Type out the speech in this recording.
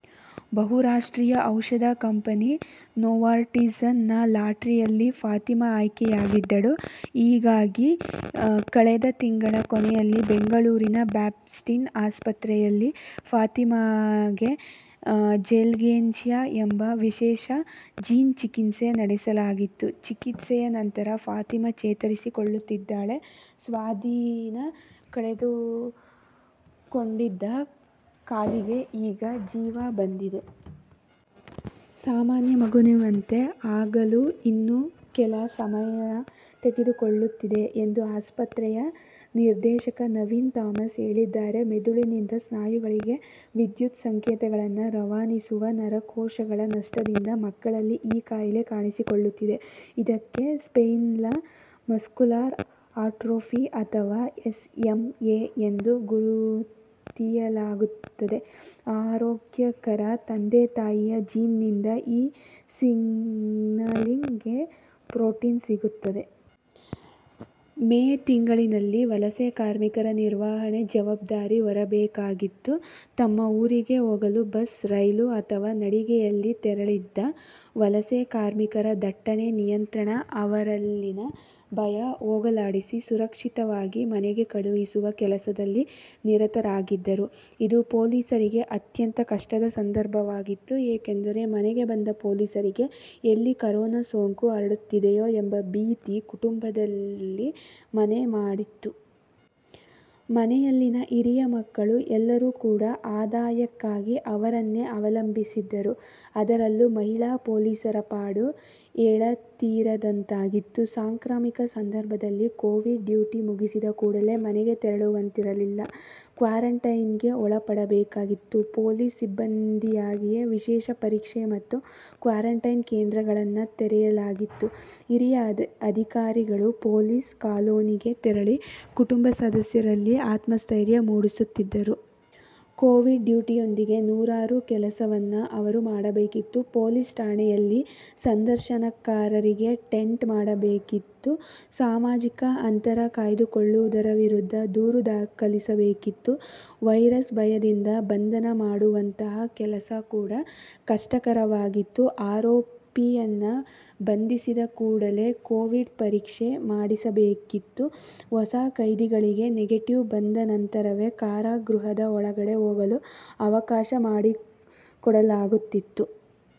ಬಹು ರಾಷ್ಟ್ರೀಯ ಔಷದ ಕಂಪನಿ ನೋವಾರ್ಟಿಸ್ ನ ಲಾಟರಿಯಲ್ಲಿ ಫಾತಿಮಾ ಆಯ್ಕೆಯಾಗಿದ್ದಳು. ಹೀಗಾಗಿ ಕಳೆದ ತಿಂಗಳ ಕೊನೆಯಲ್ಲಿ ಬೆಂಗಳೂರಿನ ಬ್ಯಾಪ್ಟಿಸ್ಟ್ ಆಸ್ಪತ್ರೆಯಲ್ಲಿ ಫಾತಿಮಾಗೆ ಝೋಲ್ಗೆನ್ಶಾ ಎಂಬ ವಿಶೇಷ ಜೀನ್ ಚಿಕಿತ್ಸೆ ನಡೆಸಲಾಗಿತ್ತು. ಚಿಕಿತ್ಸೆಯ ನಂತರ ಫಾತಿಮಾ ಚೇತರಿಸಿಕೊಳ್ಳುತ್ತಿದ್ದಾಳೆ. ಸ್ವಾಧೀನ ಕಳೆದುಕೊಂಡಿದ್ದ ಕಾಲಿಗೆ ಈಗ ಜೀವ ಬಂದಿದೆ. ಸಾಮಾನ್ಯ ಮಗುವಿನಂತೆ ಆಗಲು ಇನ್ನೂ ಕೆಲ ಸಮಯ ತೆಗೆದುಕೊಳ್ಳುತ್ತೆದ ಎಂದು ಆಸ್ಪತ್ರೆಯ ನಿರ್ದೇಶಕ ನವೀನ್ ಥಾಮಸ್ ಹೇಳಿದ್ದಾರೆ. ಮೆದುಳಿನಿಂದ ಸ್ನಾಯುಗಳಿಗೆ ವಿದ್ಯುತ್ ಸಂಕೇತಗಳನ್ನು ರವಾನಿಸುವ ನರಕೋಶಗಳ ನಷ್ಟದಿಂದ ಮಕ್ಕಳಲ್ಲಿ ಈ ಕಾಯಿಲೆ ಕಾಣಿಸಿಕೊಳ್ಳುತ್ತದೆ. ಇದಕ್ಕೆ ಸ್ಪೈನಲ್ ಮಸ್ಕುಲರ್ ಅಟ್ರೋಫಿ ಅಥವಾ ಎಸ್ಎಂಎ ಎಂದು ಗುರುತಿಯಲಾಗುತ್ತದೆ. ಆರೋಗ್ಯಕರ ತಂದೆ-ತಾಯಿಯ ಜೀನ್ ನಿಂದ ಈ ಸಿಗ್ನಲಿಂಗ್ ಗೆ ಪ್ರೋಟೀನ್ ಸಿಗುತ್ತದೆ. ಮೇ ತಿಂಗಳಲ್ಲಿ ವಲಸೆ ಕಾರ್ಮಿಕರ ನಿರ್ವಹಣೆ ಜವಾಬ್ದಾರಿ ಹೊರಬೇಕಾಗಿತ್ತು. ತಮ್ಮ ಊರಿಗೆ ಹೋಗಲು ಬಸ್, ರೈಲು ಅಥವಾ ನಡಿಗೆಯಲ್ಲಿ ತೆರಳಿದ್ದ ವಲಸೆ ಕಾರ್ಮಿಕರ ದಟ್ಟಣೆ ನಿಯಂತ್ರಣ, ಅವರಲ್ಲಿನ ಭಯ ಹೋಗಲಾಡಿಸಿ, ಸುರಕ್ಷಿತವಾಗಿ ಮನೆಗೆ ಕಳುಹಿಸುವ ಕೆಲಸದಲ್ಲಿ ನಿರತರಾಗಿದ್ದರು. ಇದು ಪೊಲೀಸರಿಗೆ ಅತ್ಯಂತ ಕಷ್ಟದ ಸಂದರ್ಭವಾಗಿತ್ತು. ಏಕೆಂದರೆ ಮನೆಗೆ ಬಂದ ಪೊಲೀಸರಿಗೆ ಎಲ್ಲಿ ಕೊರೋನಾ ಸೋಂಕು ಹರಡಿದೆಯೋ ಎಂಬ ಭೀತಿ ಕುಟುಂಬದಲ್ಲಿ ಮನೆ ಮಾಡಿತ್ತು. ಮನೆಯಲ್ಲಿನ ಹಿರಿಯರು, ಮಕ್ಕಳು ಎಲ್ಲರೂ ಕೂಡಾ ಆದಾಯಕ್ಕಾಗಿ ಅವರನ್ನೇ ಅವಲಂಬಿಸಿದ್ದರು. ಅದರಲ್ಲೂ ಮಹಿಳಾ ಪೊಲೀಸರ ಪಾಡು ಹೇಳತೀರದಂತಾಗಿತ್ತು. ಸಾಂಕ್ರಾಮಿಕ ಸಂದರ್ಭದಲ್ಲಿ ಕೋವಿಡ್ ಡ್ಯೂಟಿ ಮುಗಿಸಿದ ಕೂಡಲೇ ಮನೆಗೆ ತೆರಳುವಂತಿರಲಿಲ್ಲ. ಕ್ವಾರಂಟೈನ್ ಗೆ ಒಳಪಡಬೇಕಾಗಿತ್ತು. ಪೊಲೀಸ್ ಸಿಬ್ಬಂದಿಗಾಗಿಯೇ ವಿಶೇಷ ಪರೀಕ್ಷೆ ಮತ್ತು ಕ್ವಾರಂಟೈನ್ ಕೇಂದ್ರಗಳನ್ನು ತೆರೆಯಲಾಗಿತ್ತು. ಹಿರಿಯ ಅಧಿಕಾರಿಗಳು ಪೊಲೀಸ್ ಕಾಲೋನಿಗಳಿಗೆ ತೆರಳಿ, ಕುಟುಂಬ ಸದಸ್ಯರಲ್ಲಿ ಆತ್ಮಸ್ಥೈರ್ಯ ಮೂಡಿಸುತ್ತಿದ್ದರು. ಕೋವಿಡ್ ಡ್ಯೂಟಿಯೊಂದಿಗೆ ನೂರಾರು ಕೆಲಸಗಳನ್ನು ಅವರು ಮಾಡಬೇಕಿತ್ತು. ಪೊಲೀಸ್ ಠಾಣೆಯಲ್ಲಿ ಸಂದರ್ಶನಕಾರರಿಗೆ ಟೆಂಟ್ ಮಾಡಬೇಕಿತ್ತು. ಸಾಮಾಜಿಕ ಅಂತರ ಕಾಯ್ದುಕೊಳ್ಳದವರ ವಿರುದ್ಧ ದೂರು ದಾಖಲಿಸಬೇಕಿತ್ತು. ವೈರಸ್ ಭಯದಿಂದ ಬಂಧನ ಮಾಡುವಂತಹ ಕೆಲಸ ಕೂಡಾ ಕಷ್ಟಕರವಾಗಿತ್ತು. ಆರೋಪಿಯನ್ನು ಬಂಧಿಸಿದ ಕೂಡಲೇ ಕೋವಿಡ್ ಪರೀಕ್ಷೆ ಮಾಡಿಸಬೇಕಿತ್ತು. ಹೊಸ ಖೈದಿಗಳಿಗೆ ನೆಗೆಟಿವ್ ಬಂದ ನಂತರವೇ ಕಾರಾಗೃಹದ ಒಳಗಡೆ ಹೋಗಲು ಅವಕಾಶ ಮಾಡಿಕೊಡಲಾಗುತಿತ್ತು.